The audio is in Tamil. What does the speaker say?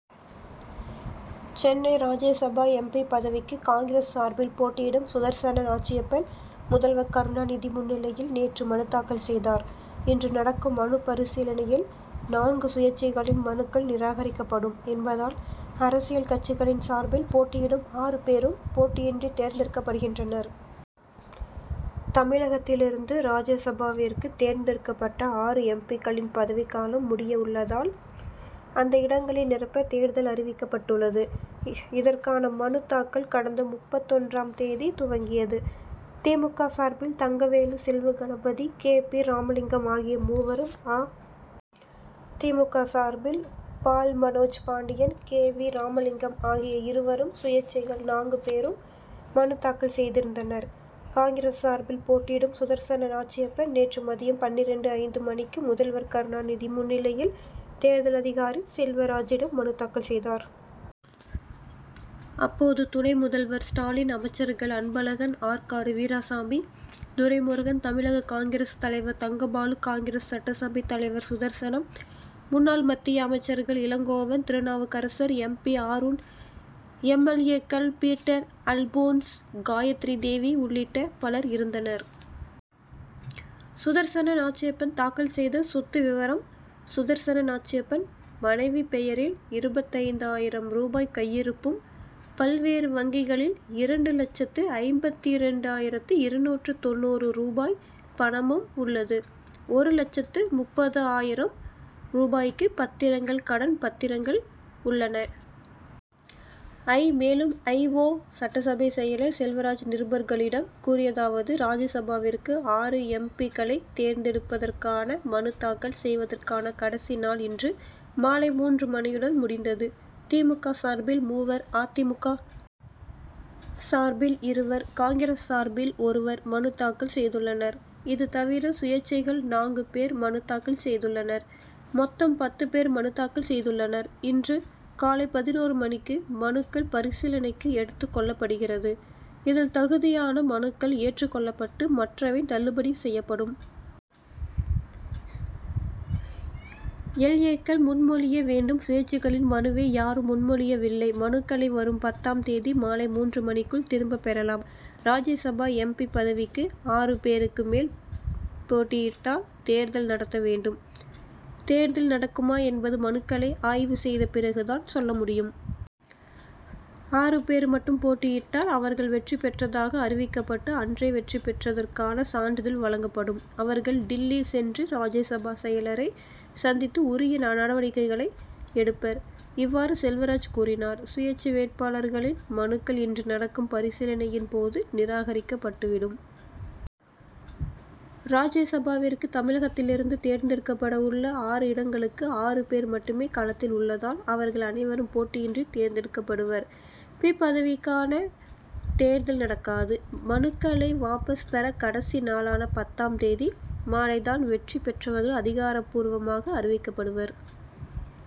சென்னை ராஜ்யசபா எம். பி. பதவிக்கு காங்கிரஸ் சார்பில் போட்டியிடும் சுதர்சன நாச்சியப்பன், முதல்வர் கருணாநிதி முன்னிலையில் நேற்று மனு தாக்கல் செய்தார். இன்று நடக்கும் மனு பரிசீலனையில், நான்கு சுயேச்சைகளின் மனுக்கள் நிராகரிக்கப்படும் என்பதால், அரசியல் கட்சிகளின் சார்பில் போட்டியிடும் ஆறு பேரும் போட்டியின்றி தேர்ந்தெடுக்கப்படுகின்றனர். தமிழகத்திலிருந்து ராஜ்யசபாவிற்கு தேர்ந்தெடுக்கப்பட்ட ஆறு எம். பி.க்களின் பதவிக்காலம் முடிய உள்ளதால், அந்த இடங்களை நிரப்ப தேர்தல் அறிவிக்கப்பட்டுள்ளது. இதற்கான மனு தாக்கல், கடந்த முப்பத்தொன்றாம் தேதி துவங்கியது. தி. மு. க. சார்பில், தங்கவேலு, செல்வகணபதி, கே. பி. ராமலிங்கம் ஆகிய மூவரும், ஆ தி. மு. க. சார்பில் பால் மனோஜ் பாண்டியன், கே. வி. ராமலிங்கம் ஆகிய இருவரும், சுயேச்சைகள் நான்கு பேரும் மனு தாக்கல் செய்திருந்தனர். காங்கிரஸ் சார்பில் போட்டியிடும் சுதர்சன நாச்சியப்பன் நேற்று மதியம் பன்னிரண்டு ஐந்து மணிக்கு, முதல்வர் கருணாநிதி முன்னிலையில், தேர்தல் அதிகாரி செல்வராஜிடம் மனு தாக்கல் செய்தார். அப்போது துணை முதல்வர் ஸ்டாலின், அமைச்சர்கள் அன்பழகன், ஆற்காடு வீராசாமி, துரைமுருகன், தமிழக காங்கிரஸ் தலைவர் தங்கபாலு, காங்கிரஸ் சட்டசபை தலைவர் சுதர்சனம், முன்னாள் மத்திய அமைச்சர்கள் Elangovan, Thirunavukkarasar, M. P., Aaroon, M. L. ஏ.,க்கள் பீட்டர் அல்போன்ஸ், காயத்ரிதேவி உள்ளிட்ட பலர் இருந்தனர். சுதர்சன நாச்சியப்பன் தாக்கல் செய்த சொத்து விவரம் சுதர்சன நாச்சியப்பன், மனைவி பெயரில் இருபத்தைந்து ஆயிரம் ரூபாய் கையிருப்பும், பல்வேறு வங்கிகளில் இரண்டு லட்சத்து ஐம்பத்திரண்டு ஆயிரத்து இருநூற்று தொண்ணூறு ரூபாய் பணமும் உள்ளது. ஒரு லட்சத்து முப்பது ஆயிரம் ரூபாய்க்கு பத்திரங்கள், கடன் பத்திரங்கள் உள்ளன. ஐ. மேலும், ஐ. ஓ. சட்டசபை செயலர் செல்வராஜ், நிருபர்களிடம் கூறியதாவது ராஜ்யசபாவிற்கு ஆறு எம். பி.,க்களை தேர்ந்தெடுப்பதற்கான மனு தாக்கல் செய்வதற்கான கடைசி நாள் இன்று மாலை மூன்று மணியுடன் முடிந்தது. தி. மு. க. சார்பில் மூவர், அ. தி. மு. க. சார்பில் இருவர், காங்கிரஸ் சார்பில் ஒருவர் மனு தாக்கல் செய்துள்ளனர். இதுதவிர, சுயேச்சைகள் நான்கு பேர் மனு தாக்கல் செய்துள்ளனர். மொத்தம் பத்து பேர் மனு தாக்கல் செய்துள்ளனர். இன்று காலை பதினொரு மணிக்கு, மனுக்கள் பரிசீலனைக்கு எடுத்துக் கொள்ளப்படுகிறது. இதில் தகுதியான மனுக்கள் ஏற்றுக் கொள்ளப்பட்டு, மற்றவை தள்ளுபடி செயப்படும். எல். ஏ.,க்கள் முன்மொழிய வேண்டும். சுயேச்சைகளின் மனுவை யாரும் முன்மொழியவில்லை. மனுக்களை வரும் பத்தாம் தேதி மாலை மூன்று மணிக்குள் திரும்பப் பெறலாம். ராஜ்யசபா எம். பி., பதவிக்கு ஆறு பேருக்கு மேல் பேட்டியிட்டால் தேர்தல் நடத்த வேண்டும். தேர்தல் நடக்குமா என்பது மனுக்களை ஆய்வு செய்த பிறகு தான் சொல்ல முடியும். ஆறு பேர் மட்டும் போட்டியிட்டால், அவர்கள் வெற்றி பெற்றதாக அறிவிக்கப்பட்டு, அன்றே வெற்றி பெற்றதற்கான சான்றிதழ் வழங்கப்படும். அவர்கள் டில்லி சென்று ராஜ்யசபா செயலரை சந்தித்து உரிய நடவடிக்கைகளை எடுப்பர். இவ்வாறு செல்வராஜ் கூறினார். சுயேச்சை வேட்பாளர்களின் மனுக்கள் இன்று நடக்கும் பரிசீலனையின் போது நிராகரிக்கப்பட்டுவிடும். ராஜ்யசபாவிற்கு தமிழகத்திலிருந்து தேர்ந்தெடுக்கப்படவுள்ள ஆறு இடங்களுக்கு, ஆறு பேர் மட்டுமே களத்தில் உள்ளதால், அவர்கள் அனைவரும் போட்டியின்றி தேர்ந்தெடுக்கப்படுவர். பி., பதவிக்கான தேர்தல் நடக்காது. மனுக்களை வாபஸ் பெற கடைசி நாளான பத்தாம் தேதி மாலை தான் வெற்றி பெற்றவர்கள் அதிகாரப்பூர்வமாக அறிவிக்கப்படுவர்.